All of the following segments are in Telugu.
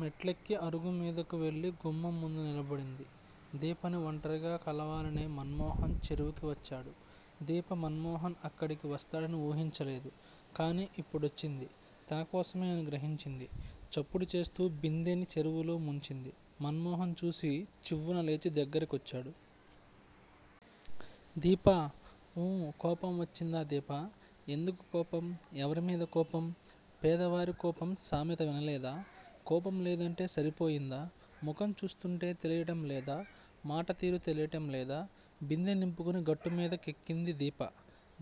మెట్లెక్కి అరుగుమీదకు వెళ్ళి, గుమ్మం ముందు నిలబడింది. దీపని వంటరిగా కలవాలనే మన్ మోహన్ చెరువుకి వచ్చాడు. దీప మన్ మోహన్ అక్కడికి వస్తాడని ఊహించలేదు. కాని ఇప్పుడొచ్చింది. తనకోసమే అని గ్రహించింది. చప్పుడు చేస్తూ బిందెని చెరువులో ముంచింది. మన్ మోహన్ చూసి చివ్వున లేచి దగ్గరికొచ్చాడు. దీపా! ఊ కోపం వచ్చిందా దీపా? ఎందుకు కోపం! ఎవరిమీద కోపం! పేద వారికోపం సామెత వినలేదా? కోపం లేదంటే సరిపోయిందా! ముఖం చూస్తూంటే తెలియటం లేదా, మాట తీరు తెలియటం లేదా? బిందె నింపుకుని గట్టుమీద కెక్కింది దీప.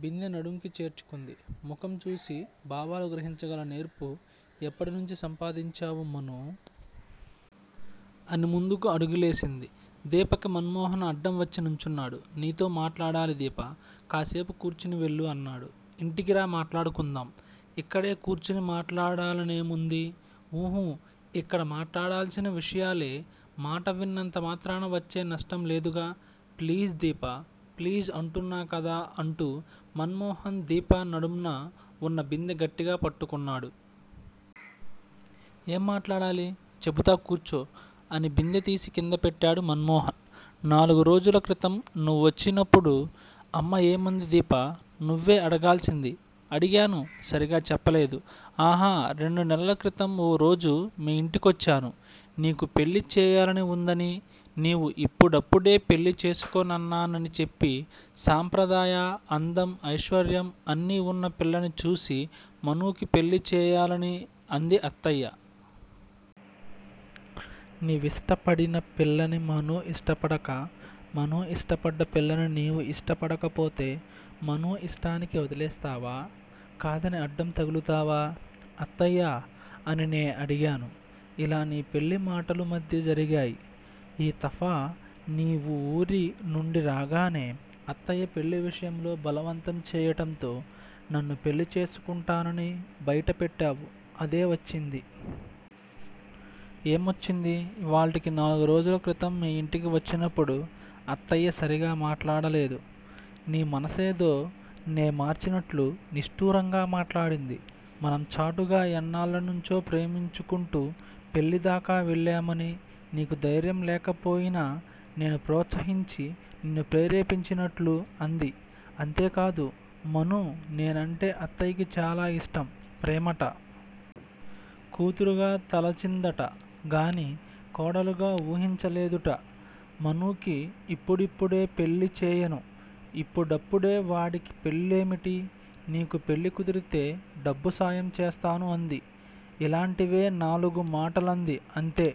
బిందె నడుంకి చేర్చుకుంది. ముఖం చూసి భావాలు గ్రహించగల నేర్పు ఎప్పటినుంచి సంపాదించావు మనూ? అని ముందుకు అడుగులేసింది. దీపకి మన్ మోహన్ అడ్డం వచ్చి నుంచున్నాడు. నీతో మాట్లాడాలి దీపా! కాసేపు కూర్చుని వెళ్ళు అన్నాడు. ఇంటికి రా మాట్లాడుకుందాం. ఇక్కడే కూర్చుని మాట్లాడాలనేముంది? ఉహు, ఇక్కడ మాట్లాడాల్సిన విషయాలే. మాట విన్నంత మాత్రాన వచ్చే నష్టం లేదుగా! ప్లీజ్ దీపా, ప్లీజ్ అంటున్నాకదా అంటూ మన్ మోహన్ దీప నడుంన వున్న బిందె గట్టిగా పట్టుకున్నాడు. ఏం మాట్లాడాలి? చెపుతా కూర్చో! అని బిందె తీసి కింద పెట్టాడు మన్ మోహన్. నాలుగు రోజులక్రితం నువ్వొచ్చినప్పుడు అమ్మ ఏమంది దీపా నువ్వే అడగాల్సింది. అడిగాను. సరిగా చెప్పలేదు. ఆహా రెండు నెలల క్రితం ఓ రోజు మీ ఇంటికొచ్చాను. నీకు పెళ్ళిచేయాలని వుందని నీవు యిప్పుడప్పుడే పెళ్ళి చేసుకోనన్నానని చెప్పి, సాంప్రదాయ, అందం, ఐశ్వర్యం అన్ని ఉన్న పిల్లని చూసి మనూకి పెళ్ళిచేయాలని అంది అత్తయ్య. నీ విష్టపడిన పిల్లని మనూ ఇష్టపడక, మనూ ఇష్టపడ్డ పిల్లని నీవు ఇష్టపడకపోతే మనూ ఇష్టానికి వదిలేస్తావా? కాదని అడ్డం తగులుతావా, అత్తయ్యా! అని నే అడిగాను. ఇలా నీ పెళ్ళి మాటలు మధ్య జరిగాయి. ఈ తఫా నీవు ఊరి నుండి రాగానే అత్తయ్య పెళ్ళి విషయంలో బలవంతం చేయటంతో నన్ను పెళ్ళిచేసుకుంటా నని బైటపెట్టావు, అదే వచ్చింది. ఏమొచ్చింది? ఇవాల్టికి నాలుగు రోజుల క్రితం మీ ఇంటికి వచ్చినప్పుడు అత్తయ్య సరిగా మాట్లాడలేదు. నీ మనసేదో నే మార్చినట్లు నిష్టూరంగా మాట్లాడింది. మనం చాటుగా ఎన్నాళ్ళనుంచో ప్రేమించుకుంటూ పెళ్ళిదాకా వెళ్ళామని, నీకు ధైర్యంలేకపోయినా నేను ప్రోత్సహించి నిన్ను ప్రేరేపించినట్లు అంది. అంతేకాదు మనూ! నేనంటే అత్తయ్యకి చాలా ఇష్టం, ప్రేమట. కూతురుగా తలచిందిట గాని కోడలుగా వూహించలేదుట. మనూకి ఇప్పుడిప్పుడే పెళ్లిచేయను, ఇప్పుడప్పుడే వాడికి పెళ్లేమిటి, నీకు పెళ్ళి కుదిరితే డబ్బు సాయం చేస్తాను అంది. ఇలాంటివే నాలుగు మాటలంది అంతే.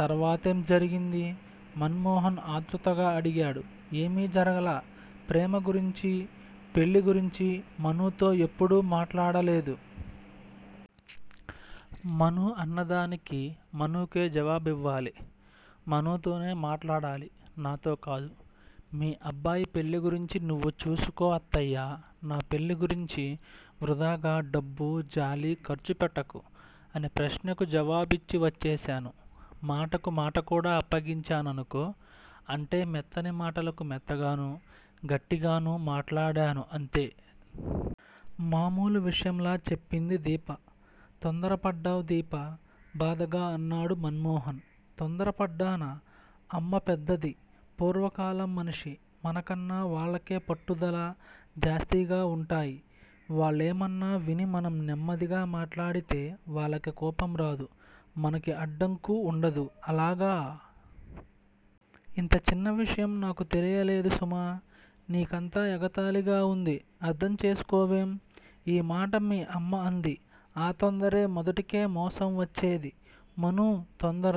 తర్వాతేం జరిగింది? మన్ మోహన్ ఆత్రుతగా అడిగాడు. ఏమి జరగలా! ప్రేమ గురించి పెళ్లి గురించి మనూతో ఎప్పుడూ మాట్లాడలేదు. మనూ అన్నదానికి మనూకే జవాబివ్వాలి. మనూతోనే మాట్లాడాలి, నాతో కాదు. మీ అబ్బాయి పెళ్ళిగురించి నువ్వు చూసుకో అత్తయ్యా! నా పెళ్ళిగురించి వృధాగా డబ్బు జాలి ఖర్చుపెట్టకు, అని ప్రశ్నకు జవాబిచ్చి వచ్చేశాను. మాటకు మాటకూడా అప్పగించాననుకో. అంటే మెత్తని మాటలకు మెత్తగాను; గట్టిగాను మాట్లాడాను అంతే. మామూలు విషయంలా చెప్పింది దీప. తొందర పడ్డావ్ దీపా! బాధగా అన్నాడు మన్ మోహన్. తొందరపడ్డానా? అమ్మ పెద్దది. పూర్వకాలం మనిషి. మనకన్నా వాళ్ళకే పట్టుదల జాస్తీగా వుంటాయి. వాళ్లేమన్నా విని మనం నెమ్మదిగా మాట్లాడితే వాళ్ళకి కోపం రాదు. మనకి అడ్డంకు వుండదు. అలాగా! ఇంత చిన్న విషయం నాకు తెలియదు సుమా! నీకంతా ఎగతాళిగా వుంది అర్ధంచేసుకోవేం? ఈ మాట మీ అమ్మ అంది. ఆ తొందరే మొదటికే మోసం వచ్చేది. మనూ! తొందర